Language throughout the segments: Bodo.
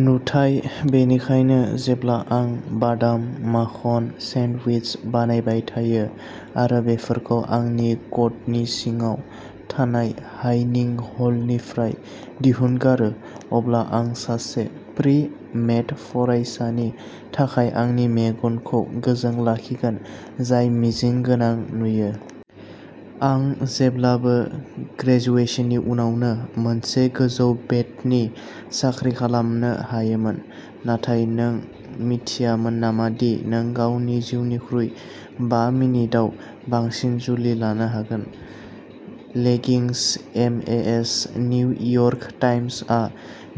नुथाय। बेनिखायनो जेब्ला आं बादाम माखन सेन्डविच बानायबाय थायो आरो बेफोरखौ आंनि कटनि सिङाव थानाय हाइनिं हलनिफ्राय दिहुनगारो अब्ला आं सासे प्रि मेड फरायसानि थाखाय आंनि मेगनखौ गोजों लाखिगोन जाय मिजिं गोनां नुयो। आं जेब्लाबो ग्रेजुएशननि उनावनो मोनसे गोजौ बेथननि साख्रि खालामनो हायोमोन नाथाय नों मिथियामोन नामा दि नों गावनि जिउनिख्रुइ बा मिनिटआव बांसिन जुलि लानो हागोन? Leggings M A S New York Times आ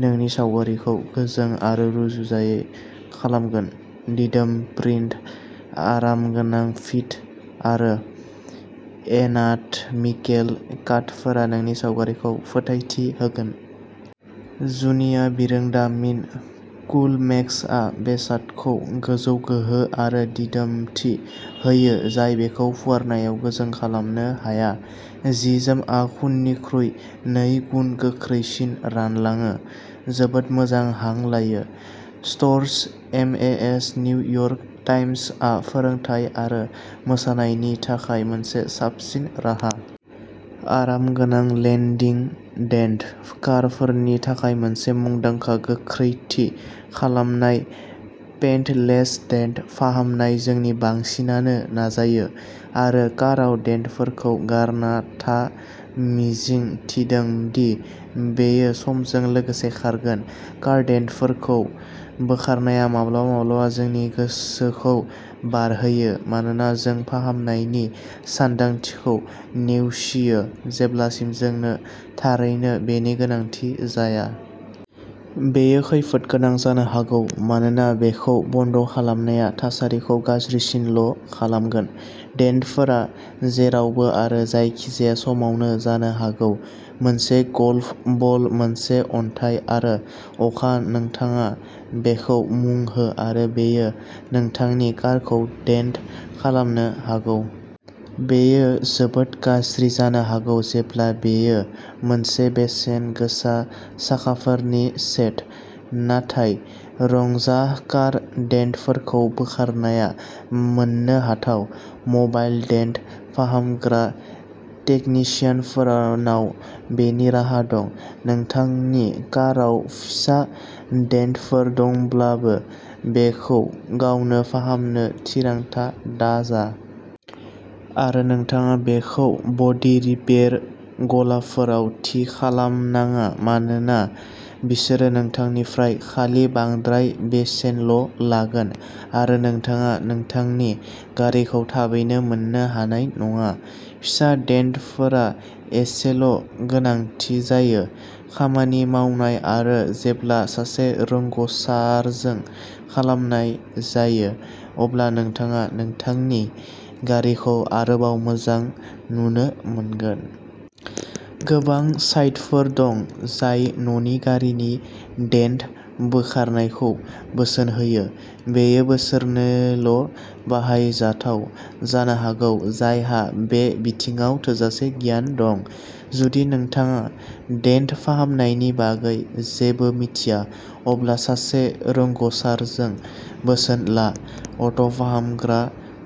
नोंनि सावगारिखौ गोजों आरो रुजुजायै खालामगोन दिदोम प्रिन्ट आरामगोनां फिट आरो एनाटमिकेल काटफोरा नोंनि सावगारिखौ फोथायथि होगोन। जुनिया बिरोंदामिन कुलमेक्सआ बेसादखौ गोजौ गोहो आरो दिदोमथि होयो जाय बेखौ फुवारनायाव गोजों खालामनो हाया। जि जोमआ खुननिख्रुइ नै गुन गोख्रैसिन रानलाङो जोबोद मोजां हां लायो। Shirts M A S New York Times आ फोरोंथाय आरो मोसानायनि थाखाय मोनसे साबसिन राहा। आरामगोनां लेन्दिं डेन्ट कारफोरनि थाखाय मोनसे मुंदांखा गोख्रै थि खालामनाय पेन्टलेस डेन्ट फाहामनाय जोंनि बांसिनानो नाजायो। आरो काराव डेन्टफोरखौ गारना था मिजिं थिदों दि बेयो समजों लोगोसे खारगोन। कार डेन्टफोरखौ बोखारनाया माब्लाबा-माब्लाबा जोंनि गोसोखौ बारहोयो मानोना जों फाहामनायनि सानदांथिखौ नेवसियो जेब्लासिम जोंनो थारैनो बेनि गोनांथि जाया। बेयो खैफोदगोनां जानो हागौ मानोना बेखौ बन्द खालामनाया थासारिखौ गाज्रिसिनल'खालामगोन। डेन्टफोरा जेरावबो आरो जायखिजाया समावनो जानो हागौ। मोनसे गल्फ बल मोनसे अन्थाइ आरो अखा नोंथाङा बेखौ मुं हो आरो बेयो नोंथांनि कारखौ डेन्ट खालामनो हागौ! बेयो जोबोद गाज्रि जानो हागौ जेब्ला बेयो मोनसे बेसेन गोसा साखाफोरनि सेट। नाथाय रंजाह कार डेन्टफोरखौ बोखारनाया मोननो हाथाव, मबाइल डेन्ट फाहामग्रा टेकनिशियानफोरनाव बेनि राहा दं। नोंथांनि काराव फिसा डेन्टफोर दंब्लाबो बेखौ गावनो फाहामनो थिरांथा दाजा। आरो नोंथाङा बेखौ बडी रिपेयार गलाफोराव थि खालाम नाङा मानोना बिसोरो नोंथांनिफ्राय खालि बांद्राय बेसेनल' लागोन आरो नोंथाङा नोंथांनि गारिखौ थाबैनो मोननो हानाय नङा। फिसा डेन्टफोरा एसेल' गोनांथि जायो। खामानि मावनाय आरो जेब्ला सासे रोंग'सारजों खालामनाय जायो, अब्ला नोंथाङा नोंथांनि गारिखौ आरोबाव मोजां नुनो मोनगोन। गोबां साइटफोर दं जाय न'नि गारिनि डेन्ट बोखारनायखौ बोसोन होयो, बेयो बैसोरनोल'बाहायजाथाव जानो हागौ जायहा बे बिथिङाव थोजासे गियान दं। जुदि नोंथाङा डेन्ट फाहामनायनि बागै जेबो मिथिया अब्ला सासे रोंग'सारजों बोसोन ला। अट'फाहामग्रा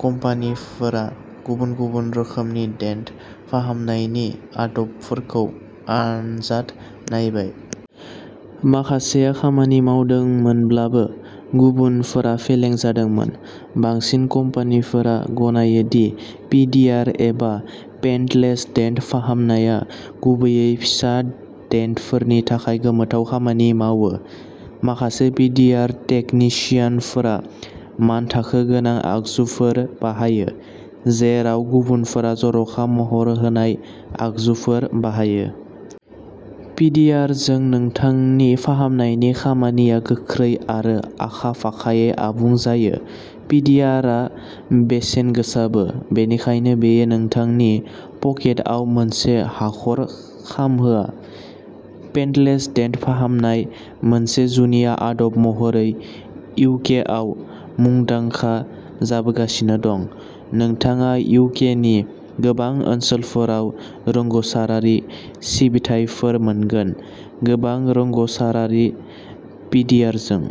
कम्पानिफोरा गुबुन-गुबुन रोखोमनि डेन्ट फाहामनायनि आदबफोरखौ आनजाद नायबाय। माखासेया खामानि मावदोंमोनब्लाबो, गुबुनफोरा फेलें जादोंमोन। बांसिन कम्पानिफोरा गनायो दि पिडिआर एबा पेन्टलेस डेन्ट फाहामनाया गुबैयै फिसा डेन्टफोरनि थाखाय गोमोथाव खामानि मावो। माखासे पिडिआर टेकनिशियानफोरा मानथाखो गोनां आगजुफोर बाहायो जेराव गुबुनफोरा जर'खा महर होनाय आगजुफोर बाहायो। पिडिआरजों नोंथांनि फाहामनायनि खामानिया गोख्रै आरो आखा फाखायै आबुं जायो। पिडिआरआ बेसेनगोसाबो बेनिखायनो बेयो नोंथांनि पकेटआव मोनसे हाखर खामहोआ। पेन्टलेस डेन्ट फाहामनाय, मोनसे जुनिया आदब महरै इउकेआव मुंदांखा जाबोगासिनो दं। नोंथाङा इउकेनि गोबां ओनसोलफोराव रोंग'सारारि सिबिथाइफोर मोनगोन। गोबां रोंग'सारारि पिडिआरजों।